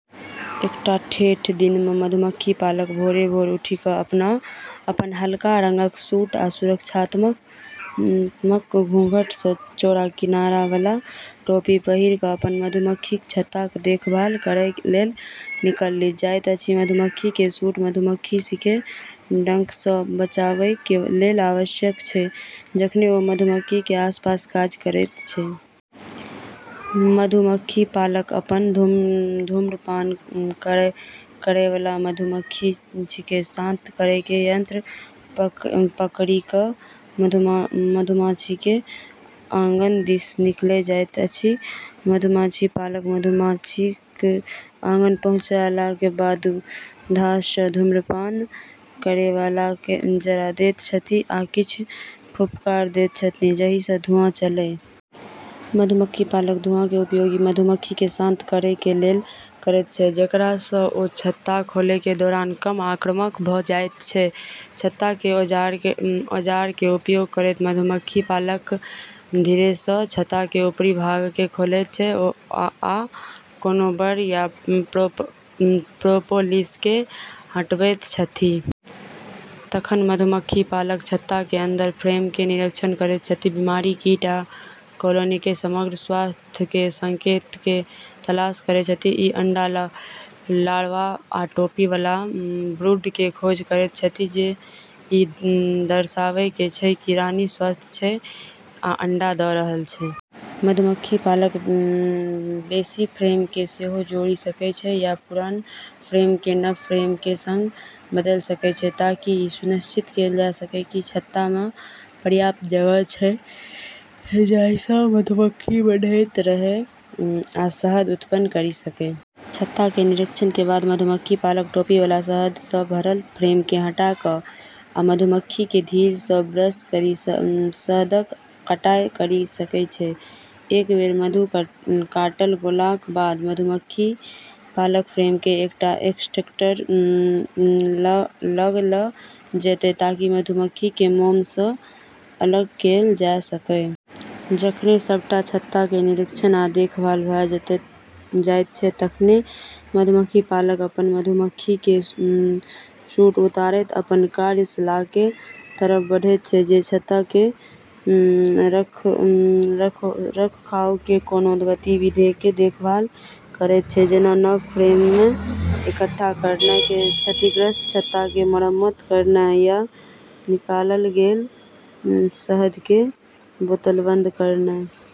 एकटा ठेठ दिनमे मधुमक्खी पालक भोरे-भोर उठि क' अपन हल्का रंगक सूट आ सुरक्षात्मक घूंघटसँ चौड़ा किनाराबला टोपी पहिरि क' अपन मधुमक्खीक छत्ताक देखभाल करय लेल निकलि जाइत अछि। मधुमक्खीके सूट मधुमक्खीके डंकसँ बचावके लेल आवश्यक छै, जखनि ओ मधुमक्खीके आसपास काज करैत छै। मधुमक्खी पालक अपन धूम्रपान करयवला, मधुमाछीके शांत करैके यंत्र पकड़ि क' मधुमाछीके आँगन दिस निकलि जाइत अछि। मधुमाछी पालक मधुमाछीक आँगन पहुँचलाक बाद घाससँ धूम्रपान करयवलाकेँ जरा दैत छथि, आ किछ फुफकार दैत छथिन जाहिसँ धुँआ चलय। मधुमक्खी पालक धुआँके उपयोग मधुमक्खीके शांत करैके लेल करैत छै, जेकरासँ ओ छत्ता खोलैके दौरान कम आक्रामक भ' जाइत छै। छत्ताके औजारके उपयोग करैत मधुमक्खी पालक धीरेसँ छत्ताके ऊपरी भागके खोलैत छै आ कोनो बर्र या प्रोपोलिसके हटबैत छथि । तखन मधुमक्खी पालक छत्ताके अंदर फ्रेमके निरीक्षण करैत छथि, बीमारी, कीट, आ कॉलोनीके समग्र स्वास्थ्यके संकेतकके तलाश करैत छथि । ई अंडा, लार्वा, आ टोपी वाला ब्रूडके खोज करैत छथि, जे ई दर्शाबै छै कि रानी स्वस्थ छै आ अंडा द' रहल छै। मधुमक्खी पालक बेशी फ्रेमके सेहो जोड़ि सकै छै या पुरान फ्रेमके नव फ्रेमके सङ्ग बदल सकै छै, ताकि ई सुनिश्चित कैल जा सकै कि छत्तामे पर्याप्त जगह छै जाहिसँ मधुमक्खी बढ़ैत रहै आ शहद उत्पन्न करि सकै। छत्ताक निरीक्षणके बाद मधुमक्खी पालक टोपी वाला शहदसँ भरल फ्रेमके हटा क', आ मधुमक्खीके धीरेसँ ब्रश करि शहदक कटाइ करि सकै छै। एक बेर मधु काटल गेलाक बाद मधुमक्खी पालक फ्रेमके एकटा एक्सट्रैक्टर लग ल' जेतय ताकि मधुके मोमसँ अलग कैल जा सकय। जखनि सबटा छत्ताक निरीक्षण आ देखभाल भ' जाइत छै, तखनि मधुमक्खी पालक अपन मधुमक्खीके सूट उतारैत अपन कार्यशालाके तरफ बढ़ैत छै, जे छत्ताके रखरखावके कोनो गतिविधिके देखभाल करैत छै जेना नव फ्रेममे इकट्ठा करनाइ, क्षतिग्रस्त छत्ताक मरम्मत करनाइ, या निकालल गेल शहदके बोतलबंद करनाइ।